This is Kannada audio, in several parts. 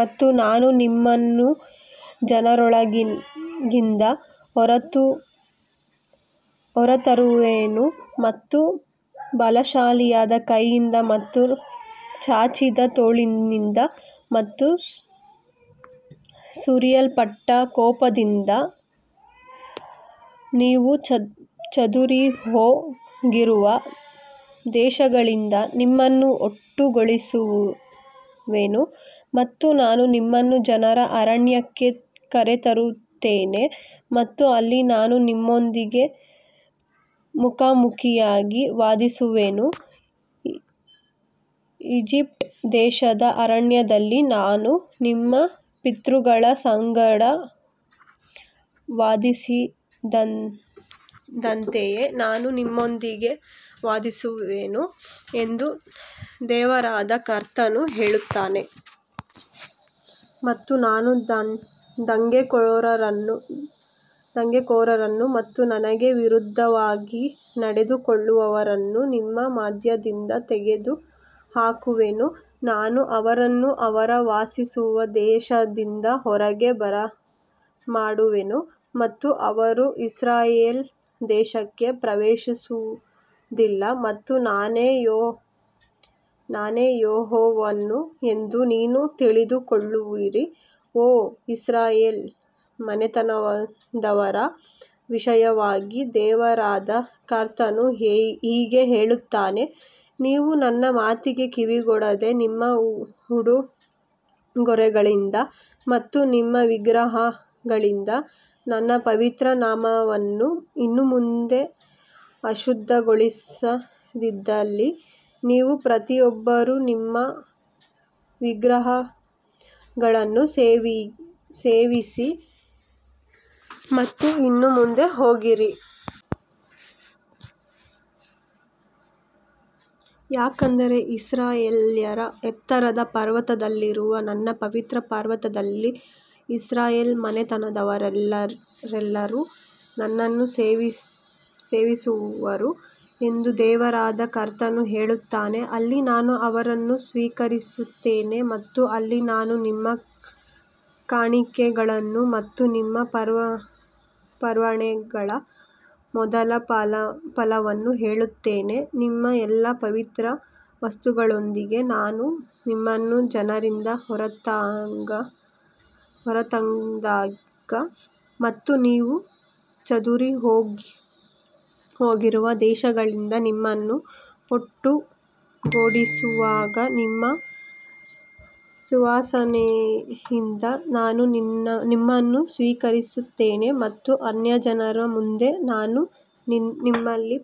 ಮತ್ತು ನಾನು ನಿಮ್ಮನ್ನು ಜನರೊಳಗಿಂದ ಹೊರತರುವೆನು ಮತ್ತು ಬಲಶಾಲಿಯಾದ ಕೈಯಿಂದ ಮತ್ತು ಚಾಚಿದ ತೋಳಿನಿಂದ ಮತ್ತು ಸುರಿಯಲ್ಪಟ್ಟ ಕೋಪದಿಂದ ನೀವು ಚದುರಿಹೋಗಿರುವ ದೇಶಗಳಿಂದ ನಿಮ್ಮನ್ನು ಒಟ್ಟುಗೂಡಿಸುವೆನು. ಮತ್ತು ನಾನು ನಿಮ್ಮನ್ನು ಜನರ ಅರಣ್ಯಕ್ಕೆ ಕರೆತರುತ್ತೇನೆ ಮತ್ತು ಅಲ್ಲಿ ನಾನು ನಿಮ್ಮೊಂದಿಗೆ ಮುಖಾಮುಖಿಯಾಗಿ ವಾದಿಸುವೆನು ಈಜಿಪ್ಟ್ ದೇಶದ ಅರಣ್ಯದಲ್ಲಿ ನಾನು ನಿಮ್ಮ ಪಿತೃಗಳ ಸಂಗಡ ವಾದಿಸಿದಂತೆಯೇ ನಾನು ನಿಮ್ಮೊಂದಿಗೆ ವಾದಿಸುವೆನು ಎಂದು ದೇವರಾದ ಕರ್ತನು ಹೇಳುತ್ತಾನೆ. ಮತ್ತು ನಾನು ದಂಗೆಕೋರರನ್ನು ಮತ್ತು ನನಗೆ ವಿರುದ್ಧವಾಗಿ ನಡೆದುಕೊಳ್ಳುವವರನ್ನು ನಿಮ್ಮ ಮಧ್ಯದಿಂದ ತೆಗೆದುಹಾಕುವೆನು, ನಾನು ಅವರನ್ನು ಅವರು ವಾಸಿಸುವ ದೇಶದಿಂದ ಹೊರಗೆ ಬರಮಾಡುವೆನು ಮತ್ತು ಅವರು ಇಸ್ರಾಯೇಲ್ ದೇಶಕ್ಕೆ ಪ್ರವೇಶಿಸುವುದಿಲ್ಲ ಮತ್ತು ನಾನೇ ಯೆಹೋವನು ಎಂದು ನೀವು ತಿಳಿದುಕೊಳ್ಳುವಿರಿ. ಓ ಇಸ್ರಾಯೇಲ್ ಮನೆತನದವರ ವಿಷಯವಾಗಿ, ದೇವರಾದ ಕರ್ತನು ಹೀಗೆ ಹೇಳುತ್ತಾನೆ, ನೀವು ನನ್ನ ಮಾತಿಗೆ ಕಿವಿಗೊಡದೆ ನಿಮ್ಮ ಉಡುಗೊರೆಗಳಿಂದ ಮತ್ತು ನಿಮ್ಮ ವಿಗ್ರಹಗಳಿಂದ ನನ್ನ ಪವಿತ್ರ ನಾಮವನ್ನು ಇನ್ನು ಮುಂದೆ ಅಶುದ್ಧಗೊಳಿಸದಿದ್ದಲ್ಲಿ ನೀವು ಪ್ರತಿಯೊಬ್ಬರೂ ನಿಮ್ಮ ವಿಗ್ರಹಗಳನ್ನು ಸೇವಿಸಿ ಮತ್ತು ಇನ್ನು ಮುಂದೆ ಹೋಗಿರಿ. ಯಾಕಂದರೆ ಇಸ್ರಾಯೇಲ್ಯರ ಎತ್ತರದ ಪರ್ವತದಲ್ಲಿರುವ ನನ್ನ ಪವಿತ್ರ ಪರ್ವತದಲ್ಲಿ ಇಸ್ರಾಯೇಲ್ ಮನೆತನದವರೆಲ್ಲರೂ ನನ್ನನ್ನು ಸೇವಿಸುವರು ಎಂದು ದೇವರಾದ ಕರ್ತನು ಹೇಳುತ್ತಾನೆ, ಅಲ್ಲಿ ನಾನು ಅವರನ್ನು ಸ್ವೀಕರಿಸುತ್ತೇನೆ ಮತ್ತು ಅಲ್ಲಿ ನಾನು ನಿಮ್ಮ ಕಾಣಿಕೆಗಳನ್ನು ಮತ್ತು ನಿಮ್ಮ ಅರ್ಪಣೆಗಳ ಮೊದಲ ಫಲವನ್ನು ಕೇಳುತ್ತೇನೆ. ನಿಮ್ಮ ಎಲ್ಲಾ ಪವಿತ್ರ ವಸ್ತುಗಳೊಂದಿಗೆ ನಾನು ನಿಮ್ಮನ್ನು ಜನರಿಂದ ಹೊರತಂದಾಗ ಮತ್ತು ನೀವು ಚದುರಿಹೋಗಿರುವ ದೇಶಗಳಿಂದ ನಿಮ್ಮನ್ನು ಒಟ್ಟುಗೂಡಿಸುವಾಗ ನಿಮ್ಮ ಸುವಾಸನೆಯಿಂದ ನಾನು ನಿಮ್ಮನ್ನು ಸ್ವೀಕರಿಸುತ್ತೇನೆ ಮತ್ತು ಅನ್ಯಜನರ ಮುಂದೆ ನಾನು ನಿಮ್ಮಲ್ಲಿ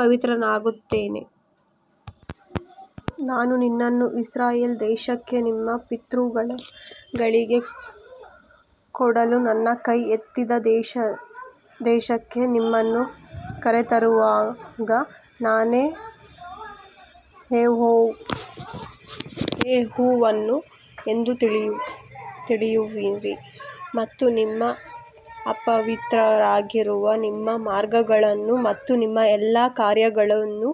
ಪವಿತ್ರನಾಗುತ್ತೇನೆ. ನಾನು ನಿನ್ನನ್ನು ಇಸ್ರಾಯೇಲ್ ದೇಶಕ್ಕೆ ನಿಮ್ಮ ಪಿತೃಗಳಿಗೆ ಕೊಡಲು ನನ್ನ ಕೈ ಎತ್ತಿದ ದೇಶಕ್ಕೆ ನಿಮ್ಮನ್ನು ಕರೆತರುವಾಗ ನಾನೇ ಯೆಹೋವನು ಎಂದು ತಿಳಿಯುವಿರಿ. ಮತ್ತು ನೀವು ಅಪವಿತ್ರರಾಗಿರುವ ನಿಮ್ಮ ಮಾರ್ಗಗಳನ್ನು ಮತ್ತು ನಿಮ್ಮ ಎಲ್ಲಾ ಕಾರ್ಯಗಳನ್ನು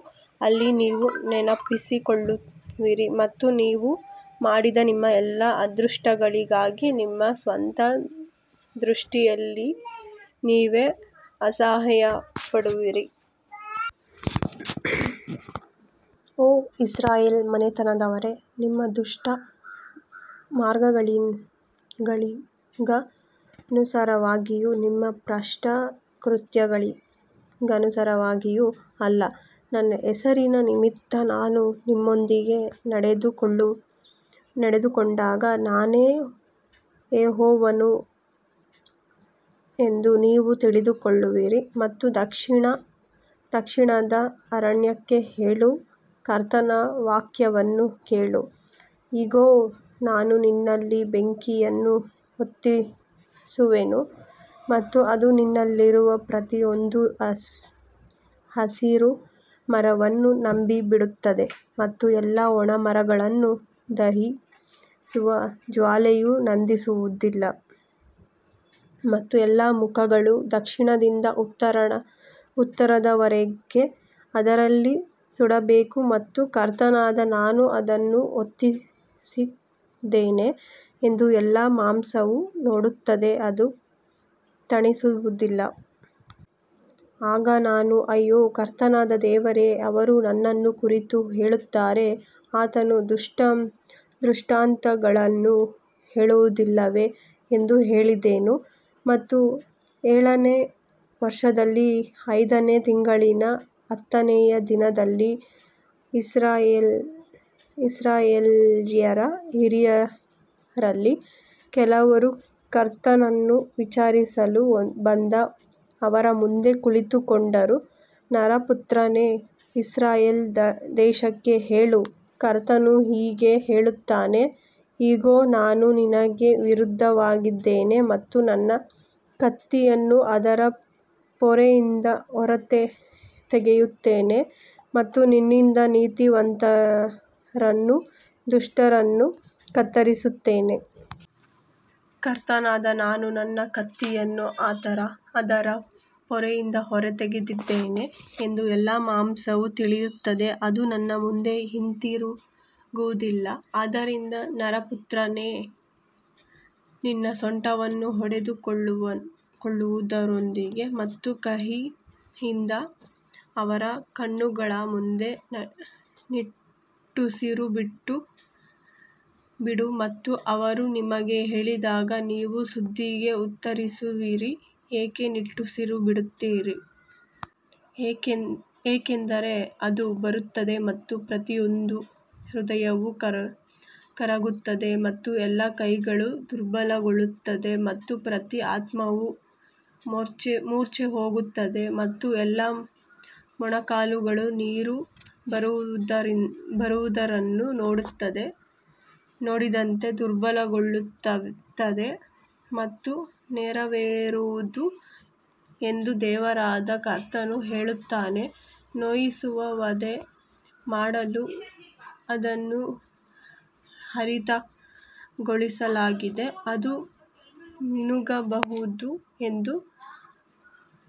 ಅಲ್ಲಿ ನೀವು ನೆನಪಿಸಿಕೊಳ್ಳುವಿರಿ ಮತ್ತು ನೀವು ಮಾಡಿದ ನಿಮ್ಮ ಎಲ್ಲಾ ದುಷ್ಕೃತ್ಯಗಳಿಗಾಗಿ ನಿಮ್ಮ ಸ್ವಂತ ದೃಷ್ಟಿಯಲ್ಲಿ ನೀವೇ ಅಸಹ್ಯಪಡುವಿರಿ. ಓ ಇಸ್ರಾಯೇಲ್ ಮನೆತನದವರೇ, ನಿಮ್ಮ ದುಷ್ಟ ಮಾರ್ಗಗಳಿಗನುಸಾರವಾಗಿಯೂ ನಿಮ್ಮ ಭ್ರಷ್ಟ ಕೃತ್ಯಗಳಿಗನುಸಾರವಾಗಿಯೂ ಅಲ್ಲ, ನನ್ನ ಹೆಸರಿನ ನಿಮಿತ್ತ ನಾನು ನಿಮ್ಮೊಂದಿಗೆ ನಡೆದುಕೊಂಡಾಗ ನಾನೇ ಯೆಹೋವನು ಎಂದು ನೀವು ತಿಳಿದುಕೊಳ್ಳುವಿರಿ. ಮತ್ತು ದಕ್ಷಿಣದ ಅರಣ್ಯಕ್ಕೆ ಹೇಳು, ಕರ್ತನ ವಾಕ್ಯವನ್ನು ಕೇಳು. ಇಗೋ, ನಾನು ನಿನ್ನಲ್ಲಿ ಬೆಂಕಿಯನ್ನು ಹೊತ್ತಿಸುವೆನು ಮತ್ತು ಅದು ನಿನ್ನಲ್ಲಿರುವ ಪ್ರತಿಯೊಂದು ಹಸಿರು ಮರವನ್ನು ನುಂಗಿಬಿಡುತ್ತದೆ ಮತ್ತು ಎಲ್ಲಾ ಒಣ ಮರಗಳನ್ನು ದಹಿಸುವ ಜ್ವಾಲೆಯು ನಂದಿಸುವುದಿಲ್ಲ ಮತ್ತು ಎಲ್ಲಾ ಮುಖಗಳು ದಕ್ಷಿಣದಿಂದ ಉತ್ತರದವರೆಗೆ ಅದರಲ್ಲಿ ಸುಡಬೇಕು ಮತ್ತು ಕರ್ತನಾದ ನಾನು ಅದನ್ನು ಹೊತ್ತಿಸಿದ್ದೇನೆ ಎಂದು ಎಲ್ಲಾ ಮಾಂಸವು ನೋಡುತ್ತದೆ, ಅದು ತಣಿಸುವುದಿಲ್ಲ. ಆಗ ನಾನು ಅಯ್ಯೋ, ಕರ್ತನಾದ ದೇವರೇ, ಅವರು ನನ್ನನ್ನು ಕುರಿತು ಹೇಳುತ್ತಾರೆ, ಆತನು ದೃಷ್ಟಾಂತಗಳನ್ನು ಹೇಳುವುದಿಲ್ಲವೇ ಎಂದು ಹೇಳಿದೆನು. ಮತ್ತು ಏಳನೇ ವರ್ಷದಲ್ಲಿ ಐದನೇ ತಿಂಗಳಿನ ಹತ್ತನೆಯ ದಿನದಲ್ಲಿ ಇಸ್ರಾಯೇಲ್ಯರ ಹಿರಿಯರಲ್ಲಿ ಕೆಲವರು ಕರ್ತನನ್ನು ವಿಚಾರಿಸಲು ಬಂದು ಅವರ ಮುಂದೆ ಕುಳಿತುಕೊಂಡರು. ನರಪುತ್ರನೇ, ಇಸ್ರಾಯೇಲ್ ದೇಶಕ್ಕೆ ಹೇಳು, ಕರ್ತನು ಹೀಗೆ ಹೇಳುತ್ತಾನೆ, ಇಗೋ, ನಾನು ನಿನಗೆ ವಿರುದ್ಧವಾಗಿದ್ದೇನೆ ಮತ್ತು ನನ್ನ ಕತ್ತಿಯನ್ನು ಅದರ ಪೊರೆಯಿಂದ ಹೊರತೆಗೆಯುತ್ತೇನೆ ಮತ್ತು ನಿನ್ನಿಂದ ನೀತಿವಂತರನ್ನೂ ದುಷ್ಟರನ್ನೂ ಕತ್ತರಿಸುತ್ತೇನೆ. ಕರ್ತನಾದ ನಾನು ನನ್ನ ಕತ್ತಿಯನ್ನು ಅದರ ಪೊರೆಯಿಂದ ಹೊರತೆಗೆದಿದ್ದೇನೆ ಎಂದು ಎಲ್ಲಾ ಮಾಂಸವು ತಿಳಿಯುತ್ತದೆ, ಅದು ಇನ್ನು ಮುಂದೆ ಹಿಂತಿರುಗುವುದಿಲ್ಲ. ಆದ್ದರಿಂದ ನರಪುತ್ರನೇ, ನಿನ್ನ ಸೊಂಟವನ್ನು ಹೊಡೆದುಕೊಳ್ಳುವುದರೊಂದಿಗೆ ಮತ್ತು ಕಹಿಯಿಂದ ಅವರ ಕಣ್ಣುಗಳ ಮುಂದೆ ನಿಟ್ಟುಸಿರು ಬಿಡು. ಮತ್ತು ಅವರು ನಿಮಗೆ ಹೇಳಿದಾಗ, ನೀವು ಸುದ್ದಿಗೆ ಉತ್ತರಿಸುವಿರಿ, ಏಕೆ ನಿಟ್ಟುಸಿರುಬಿಡುತ್ತೀರಿ? ಏಕೆಂದರೆ ಅದು ಬರುತ್ತದೆ ಮತ್ತು ಪ್ರತಿಯೊಂದು ಹೃದಯವೂ ಕರಗುತ್ತದೆ ಮತ್ತು ಎಲ್ಲಾ ಕೈಗಳು ದುರ್ಬಲಗೊಳ್ಳುತ್ತವೆ ಮತ್ತು ಪ್ರತಿ ಆತ್ಮವೂ ಮೂರ್ಛೆಹೋಗುತ್ತದೆ ಮತ್ತು ಎಲ್ಲಾ ಮೊಣಕಾಲುಗಳು ನೀರು ಬರುವುದನ್ನು ನೋಡಿದಂತೆ ದುರ್ಬಲಗೊಳ್ಳುತ್ತವೆ ಮತ್ತು ನೆರವೇರುವುದು ಎಂದು ದೇವರಾದ ಕರ್ತನು ಹೇಳುತ್ತಾನೆ. ನೋಯಿಸುವ ವಧೆ ಮಾಡಲು ಅದನ್ನು ಹರಿತಗೊಳಿಸಲಾಗಿದೆ, ಅದು ಮಿನುಗಬಹುದು ಎಂದು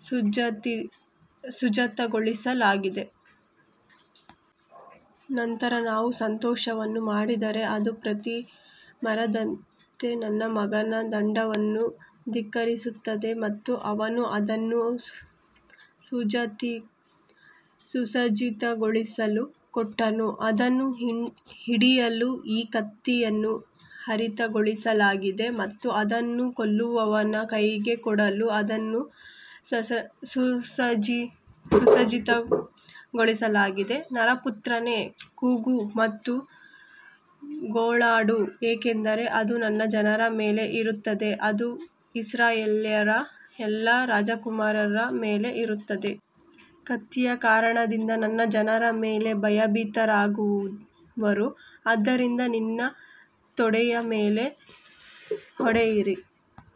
ಸುಸಜ್ಜಿತಗೊಳಿಸಲಾಗಿದೆ. ನಂತರ ನಾವು ಸಂತೋಷವನ್ನು ಮಾಡಿದರೆ ಅದು ಪ್ರತಿ ಮರದಂತೆ ನನ್ನ ಮಗನ ದಂಡವನ್ನು ಧಿಕ್ಕರಿಸುತ್ತದೆ ಮತ್ತು ಅವನು ಅದನ್ನು ಸುಸಜ್ಜಿತಗೊಳಿಸಲು ಕೊಟ್ಟನು. ಅದನ್ನು ಹಿಡಿಯಲು ಈ ಕತ್ತಿಯನ್ನು ಹರಿತಗೊಳಿಸಲಾಗಿದೆ ಮತ್ತು ಅದನ್ನು ಕೊಲ್ಲುವವನ ಕೈಗೆ ಕೊಡಲು ಅದನ್ನು ಸುಸಜ್ಜಿತಗೊಳಿಸಲಾಗಿದೆ. ನರಪುತ್ರನೇ, ಕೂಗು ಮತ್ತು ಗೋಳಾಡು, ಏಕೆಂದರೆ ಅದು ನನ್ನ ಜನರ ಮೇಲೆ ಇರುತ್ತದೆ, ಅದು ಇಸ್ರಾಯೇಲ್ಯರ ಎಲ್ಲಾ ರಾಜಕುಮಾರರ ಮೇಲೆ ಇರುತ್ತದೆ. ಕತ್ತಿಯ ಕಾರಣದಿಂದ ನನ್ನ ಜನರ ಮೇಲೆ ಭಯಭೀತರಾಗುವರು, ಆದ್ದರಿಂದ ನಿನ್ನ ತೊಡೆಯ ಮೇಲೆ ಹೊಡೆಯಿರಿ.